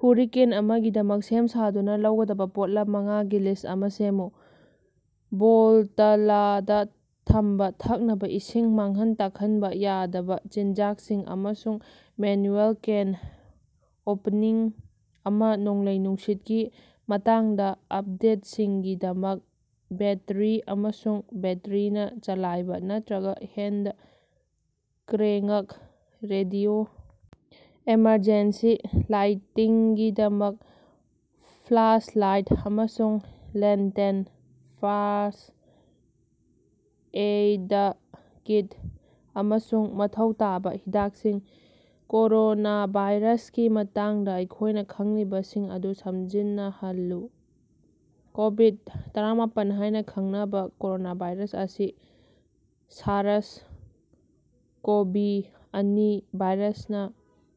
Hurricane ꯑꯃꯥꯒꯤꯗꯃꯛ ꯁꯦꯝ-ꯁꯥꯗꯨꯅ ꯂꯧꯒꯗꯕ ꯄꯣꯠꯂꯝ ꯃꯉꯥꯒꯤ ꯂꯤꯁ꯭ꯠ ꯑꯃꯥ ꯁꯦꯝꯃꯨ꯫ ꯕꯣꯇꯂꯗꯥ ꯊꯝꯕ ꯊꯛꯅꯕ ꯏꯁꯤꯡ ꯃꯥꯡꯍꯟ ꯇꯥꯛꯍꯟꯕ ꯌꯥꯗꯕ ꯆꯤꯟꯖꯥꯛꯁꯤꯡ ꯑꯃꯁꯨꯡ ꯃꯦꯟꯌꯨꯑꯦꯜ ꯀꯦꯟ ꯑꯣꯄꯅꯤꯡ ꯑꯃꯥ ꯅꯣꯡꯂꯩ-ꯅꯨꯡꯁꯤꯠꯀꯤ ꯃꯇꯥꯡꯗ ꯑꯄꯗꯦꯠꯁꯤꯡꯒꯤꯗꯃꯛ ꯕꯦꯠꯇꯔꯤ ꯑꯃꯁꯨꯡ ꯕꯦꯠꯇꯔꯤꯅꯥ ꯆꯂꯥꯏꯕꯥ ꯅꯠꯇ꯭ꯔꯒ ꯍꯦꯟꯗ ꯀ꯭ꯔꯦꯉ꯭ꯛ ꯔꯦꯗꯤꯑꯣ ꯑꯦꯃꯔꯖꯦꯟꯁꯤ ꯂꯥꯏꯇꯤꯡꯒꯤꯗꯃꯛ ꯐ꯭ꯂꯥꯁꯂꯥꯏꯠ ꯑꯃꯁꯨꯡ ꯂꯦꯟꯇꯦꯟ ꯐꯥꯔꯁ꯭ꯠ ꯑꯦꯏꯗ ꯀꯤꯠ ꯑꯃꯁꯨꯡ ꯃꯊꯧ ꯇꯥꯕꯥ ꯍꯤꯗꯥꯛꯁꯤꯡ꯫ ꯀꯣꯔꯣꯅꯥꯚꯥꯏꯔꯁꯀꯤ ꯃꯇꯥꯡꯗ ꯑꯩꯈꯣꯏꯅ ꯈꯪꯂꯤꯕꯁꯤꯡ ꯑꯗꯨ ꯁꯝꯖꯤꯟꯅꯍꯜꯂꯨ꯫ ꯀꯣꯕꯤꯗ-ꯇꯔꯥꯃꯄꯥꯜ ꯍꯥꯏꯅ ꯈꯪꯅꯕ ꯀꯣꯔꯣꯅꯥꯚꯥꯏꯔꯁ ꯑꯁꯤ ꯁꯥꯔꯁ-ꯀꯣꯚꯤ-ꯑꯅꯤ ꯚꯥꯏꯔꯁꯅꯥ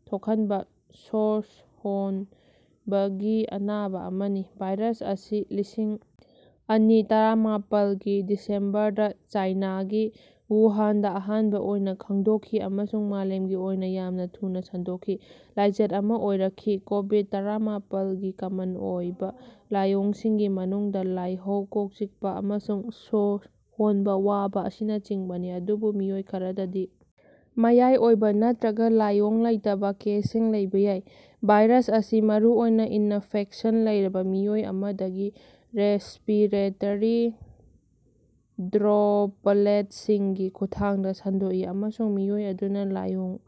ꯊꯣꯛꯍꯟꯕ ꯁ꯭ꯣꯁ ꯍꯣꯟꯕꯒꯤ ꯑꯅꯥꯕ ꯑꯃꯅꯤ꯫ ꯚꯥꯏꯔꯁ ꯑꯁꯤ ꯂꯤꯁꯤꯡ ꯑꯅꯤ ꯇꯔꯥꯃꯄꯥꯜꯒꯤ ꯗꯤꯁꯦꯝꯕꯔꯗꯥ ꯆꯥꯏꯅꯥꯒꯤ ꯋꯨꯍꯥꯟꯗ ꯑꯍꯥꯟꯕ ꯑꯣꯏꯅ ꯈꯪꯗꯣꯛꯈꯤ ꯑꯃꯁꯨꯡ ꯃꯥꯂꯦꯝꯒꯤ ꯑꯣꯏꯅ ꯌꯥꯝꯅ ꯊꯨꯅ ꯁꯟꯗꯣꯛꯈꯤ, ꯂꯥꯏꯆꯠ ꯑꯃꯥ ꯑꯣꯏꯔꯛꯈꯤ꯫ ꯀꯣꯕꯤꯗ-ꯇꯔꯥꯃꯄꯥꯜꯒꯤ ꯀꯃꯟ ꯑꯣꯏꯕ ꯂꯥꯏꯑꯣꯡꯁꯤꯡꯒꯤ ꯃꯅꯨꯡꯗꯥ ꯂꯥꯏꯍꯧ, ꯀꯣꯛ ꯆꯤꯛꯄꯥ, ꯑꯃꯁꯨꯡ ꯁ꯭ꯣꯁ ꯍꯣꯟꯕ ꯋꯥꯕ ꯑꯁꯤꯅꯆꯤꯡꯕꯅꯤ, ꯑꯗꯨꯕꯨ ꯃꯤꯑꯣꯏ ꯈꯔꯗꯗꯤ ꯃꯌꯥꯏ ꯑꯣꯏꯕ ꯅꯠꯇ꯭ꯔꯒ ꯂꯥꯏꯑꯣꯡ ꯂꯩꯇꯕ ꯀꯦꯁꯁꯤꯡ ꯂꯩꯕ ꯌꯥꯏ꯫ ꯚꯥꯏꯔꯁ ꯑꯁꯤ ꯃꯔꯨꯑꯣꯏꯅ ꯏꯅꯐꯦꯛꯁꯟ ꯂꯩꯔꯕ ꯃꯤꯑꯣꯏ ꯑꯃꯗꯒꯤ ꯔꯦꯁ꯭ꯄꯤꯔꯦꯇꯔꯤ ꯗ꯭ꯔꯣꯄꯂꯦꯠꯁꯤꯡꯒꯤ ꯈꯨꯠꯊꯥꯡꯗ ꯁꯟꯗꯣꯛꯏ, ꯑꯃꯁꯨꯡ ꯃꯤꯑꯣꯏ ꯑꯗꯨꯅ ꯂꯥꯏꯑꯣꯡ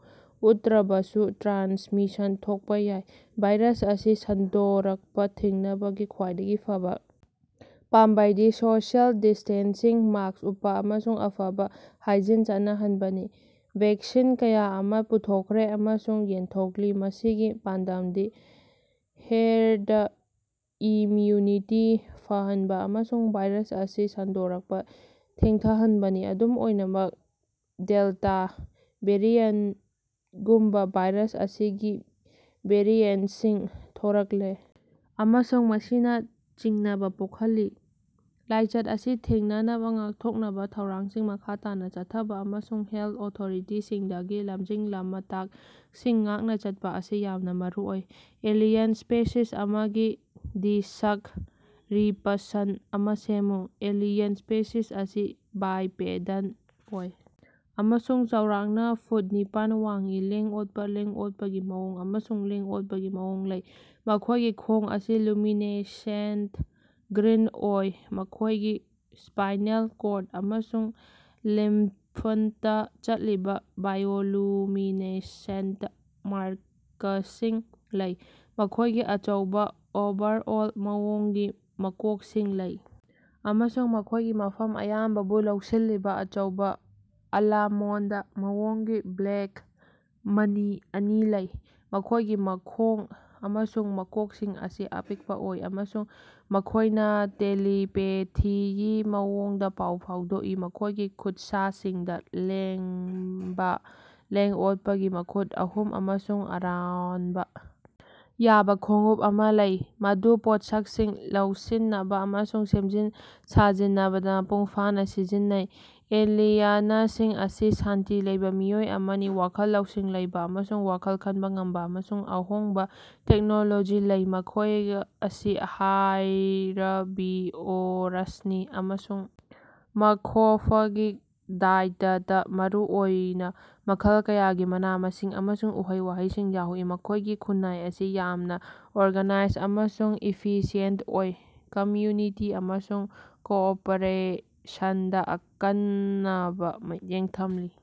ꯎꯠꯇ꯭ꯔꯕꯁꯨ ꯇ꯭ꯔꯥꯟꯁꯃꯤꯁꯟ ꯊꯣꯛꯄꯥ ꯌꯥꯏ꯫ ꯚꯥꯏꯔꯁ ꯑꯁꯤ ꯁꯟꯗꯣꯔꯛꯄꯥ ꯊꯤꯡꯅꯕꯒꯤ ꯈ꯭ꯋꯥꯏꯗꯒꯤ ꯐꯕꯥ ꯄꯥꯝꯕꯩꯗꯤ ꯁꯣꯁꯤꯑꯦꯜ ꯗꯤꯁ꯭ꯇꯦꯟꯁꯤꯡ, ꯃꯥꯁ꯭ꯛ ꯎꯞꯄꯥ, ꯑꯃꯁꯨꯡ ꯑꯐꯕꯥ ꯍꯥꯏꯖꯤꯟ ꯆꯠꯅꯍꯟꯕꯅꯤ꯫ ꯚꯦꯛꯁꯤꯟ ꯀꯌꯥ ꯑꯃꯥ ꯄꯨꯊꯣꯛꯈ꯭ꯔꯦ ꯑꯃꯁꯨꯡ ꯌꯦꯟꯊꯣꯛꯂꯤ, ꯃꯁꯤꯒꯤ ꯄꯥꯟꯗꯝꯗꯤ ꯍꯦꯔꯗ ꯏꯝꯌꯨꯅꯤꯇꯤ ꯐꯍꯟꯕ ꯑꯃꯁꯨꯡ ꯚꯥꯏꯔꯁ ꯑꯁꯤ ꯁꯟꯗꯣꯔꯛꯄꯥ ꯊꯦꯡꯊꯍꯟꯕꯅꯤ꯫ ꯑꯗꯨꯝ ꯑꯣꯏꯅꯃꯛ, ꯗꯦꯜꯇꯥ ꯚꯦꯔꯤꯌꯟꯇꯒꯨꯝꯕꯥ ꯚꯥꯏꯔꯁ ꯑꯁꯤꯒꯤ ꯚꯦꯔꯤꯑꯦꯟꯇꯁꯤꯡ ꯊꯣꯔꯛꯂꯦ ꯑꯃꯁꯨꯡ ꯃꯁꯤꯅꯥ ꯆꯤꯡꯅꯕꯥ ꯄꯣꯛꯍꯜꯂꯤ꯫ ꯂꯥꯏꯆꯠ ꯑꯁꯤ ꯊꯦꯡꯅꯅꯕꯥ ꯉꯥꯛꯊꯣꯛꯅꯕ ꯊꯧꯔꯥꯡꯁꯤꯡ ꯃꯈꯥ ꯇꯥꯅꯥ ꯆꯠꯊꯕꯥ ꯑꯃꯁꯨꯡ ꯍꯦꯜꯊ ꯑꯣꯊꯣꯔꯤꯇꯤꯁꯤꯡꯗꯒꯤ ꯂꯝꯖꯤꯡ-ꯂꯃꯇꯥꯛꯁꯤꯡ ꯉꯥꯛꯅ ꯆꯠꯄꯥ ꯑꯁꯤ ꯌꯥꯝꯅ ꯃꯔꯨ ꯑꯣꯏ꯫ ꯑꯦꯂꯤꯌꯟ ꯁ꯭ꯄꯦꯁꯤꯁ ꯑꯃꯒꯤ ꯗꯤꯁ꯭ꯛꯔꯤꯄꯁꯟ ꯑꯃꯥ ꯁꯦꯝꯃꯨ꯫ ꯑꯦꯂꯤꯌꯟ ꯁ꯭ꯄꯦꯁꯤꯁ ꯑꯁꯤ ꯕꯥꯏꯄꯦꯗꯜ ꯑꯣꯏ ꯑꯃꯁꯨꯡ ꯆꯥꯎꯔꯥꯛꯅꯥ ꯐꯨꯠ ꯅꯤꯄꯥꯟ ꯋꯥꯡꯏ, ꯂꯦꯡ-ꯑꯣꯠꯄꯥ, ꯂꯦꯡ-ꯑꯣꯠꯄꯒꯤ ꯃꯑꯣꯡ ꯑꯃꯁꯨꯡ ꯂꯦꯡ-ꯑꯣꯠꯄꯒꯤ ꯃꯑꯣꯡ ꯂꯩ꯫ ꯃꯈꯣꯏꯒꯤ ꯈꯣꯡ ꯑꯁꯤ ꯂꯨꯃꯤꯅꯦꯁꯦꯟꯇ ꯒ꯭ꯔꯤꯟ ꯑꯣꯏ, ꯃꯈꯣꯏꯒꯤ ꯁ꯭ꯄꯥꯏꯅꯦꯜ ꯀꯣꯔꯗ ꯑꯃꯁꯨꯡ ꯂꯤꯝꯐꯇꯥ ꯆꯠꯂꯤꯕꯥ ꯕꯥꯏꯑꯣꯂꯨꯃꯤꯅꯦꯁꯦꯟꯇ ꯃꯥꯔꯀꯁꯤꯡ ꯂꯩ꯫ ꯃꯈꯣꯏꯒꯤ ꯑꯆꯧꯕ, ꯑꯣꯚꯔꯑꯣꯜ ꯃꯑꯣꯡꯒꯤ ꯃꯀꯣꯛꯁꯤꯡ ꯂꯩ ꯑꯃꯁꯨꯡ ꯃꯈꯣꯏꯒꯤ ꯃꯐꯝ ꯑꯌꯥꯝꯕꯕꯨ ꯂꯧꯁꯤꯜꯂꯤꯕ ꯑꯆꯧꯕ, ꯑꯂꯃꯣꯟꯗ ꯃꯑꯣꯡꯒꯤ ꯕ꯭ꯂꯦꯛ ꯃꯅꯤ ꯑꯅꯤ ꯂꯩ꯫ ꯃꯈꯣꯏꯒꯤ ꯃꯈꯣꯡ ꯑꯃꯁꯨꯡ ꯃꯀꯣꯛꯁꯤꯡ ꯑꯁꯤ ꯑꯄꯤꯛꯄꯥ ꯑꯣꯏ, ꯑꯃꯁꯨꯡ ꯃꯈꯣꯏꯅ ꯇꯦꯂꯤꯄꯦꯊꯤꯒꯤ ꯃꯑꯣꯡꯗꯥ ꯄꯥꯎ ꯐꯥꯎꯗꯣꯛꯏ꯫ ꯃꯈꯣꯏꯒꯤ ꯈꯨꯠꯁꯥꯁꯤꯡꯗꯥ ꯂꯦꯝꯕꯥ, ꯂꯦꯡ-ꯑꯣꯠꯄꯒꯤ ꯃꯈꯨꯠ ꯑꯍꯨꯝ ꯑꯃꯁꯨꯡ ꯑꯔꯣꯟꯕꯥ ꯌꯥꯕ ꯈꯣꯡꯎꯞ ꯑꯃꯥ ꯂꯩ, ꯃꯗꯨ ꯄꯣꯠꯁꯛꯁꯤꯡ ꯂꯧꯁꯤꯅꯕꯥ ꯑꯃꯁꯨꯡ ꯁꯦꯝꯖꯤꯟ-ꯁꯥꯖꯤꯅꯕꯗꯥ ꯃꯄꯨꯡ ꯐꯥꯅꯥ ꯁꯤꯖꯤꯟꯅꯩ꯫ ꯑꯦꯂꯤꯌꯅꯁꯤꯡ ꯑꯁꯤ ꯁꯥꯟꯇꯤ ꯂꯩꯕ ꯃꯤꯑꯣꯏ ꯑꯃꯅꯤ, ꯋꯥꯈꯜ ꯂꯧꯁꯤꯡ ꯂꯩꯕꯥ ꯑꯃꯁꯨꯡ ꯋꯥꯈꯜ ꯈꯟꯕ ꯉꯝꯕ ꯑꯃꯁꯨꯡ ꯑꯍꯣꯡꯕꯥ ꯇꯦꯛꯅꯣꯂꯣꯖꯤ ꯂꯩ꯫ ꯃꯈꯣꯌ ꯑꯁꯤ ꯍꯥꯔꯕꯤꯑꯣꯔꯁꯅꯤ, ꯑꯃꯁꯨꯡ ꯃꯈꯣꯐꯒꯤ ꯗꯥꯏꯇꯇꯥ ꯃꯔꯨꯑꯣꯏꯅ ꯃꯈꯜ ꯀꯌꯥꯒꯤ ꯃꯅꯥ-ꯃꯁꯤꯡ ꯑꯃꯁꯨꯡ ꯎꯍꯩ-ꯋꯥꯍꯩꯁꯤꯡ ꯌꯥꯎꯏ꯫ ꯃꯈꯣꯏꯒꯤ ꯈꯨꯟꯅꯥꯏ ꯑꯁꯤ ꯌꯥꯝꯅꯥ ꯑꯣꯔꯒꯅꯥꯏꯖ ꯑꯃꯁꯨꯡ ꯏꯐꯤꯁꯤꯌꯦꯟꯇ ꯑꯣꯏ, ꯀꯝꯌꯨꯅꯤꯇꯤ ꯑꯃꯁꯨꯡ ꯀꯣꯑꯣꯄꯔꯦꯁꯟꯗꯥ ꯑꯀꯟꯅꯕꯥ ꯃꯤꯠꯌꯦꯡ ꯊꯝꯂꯤ ꯫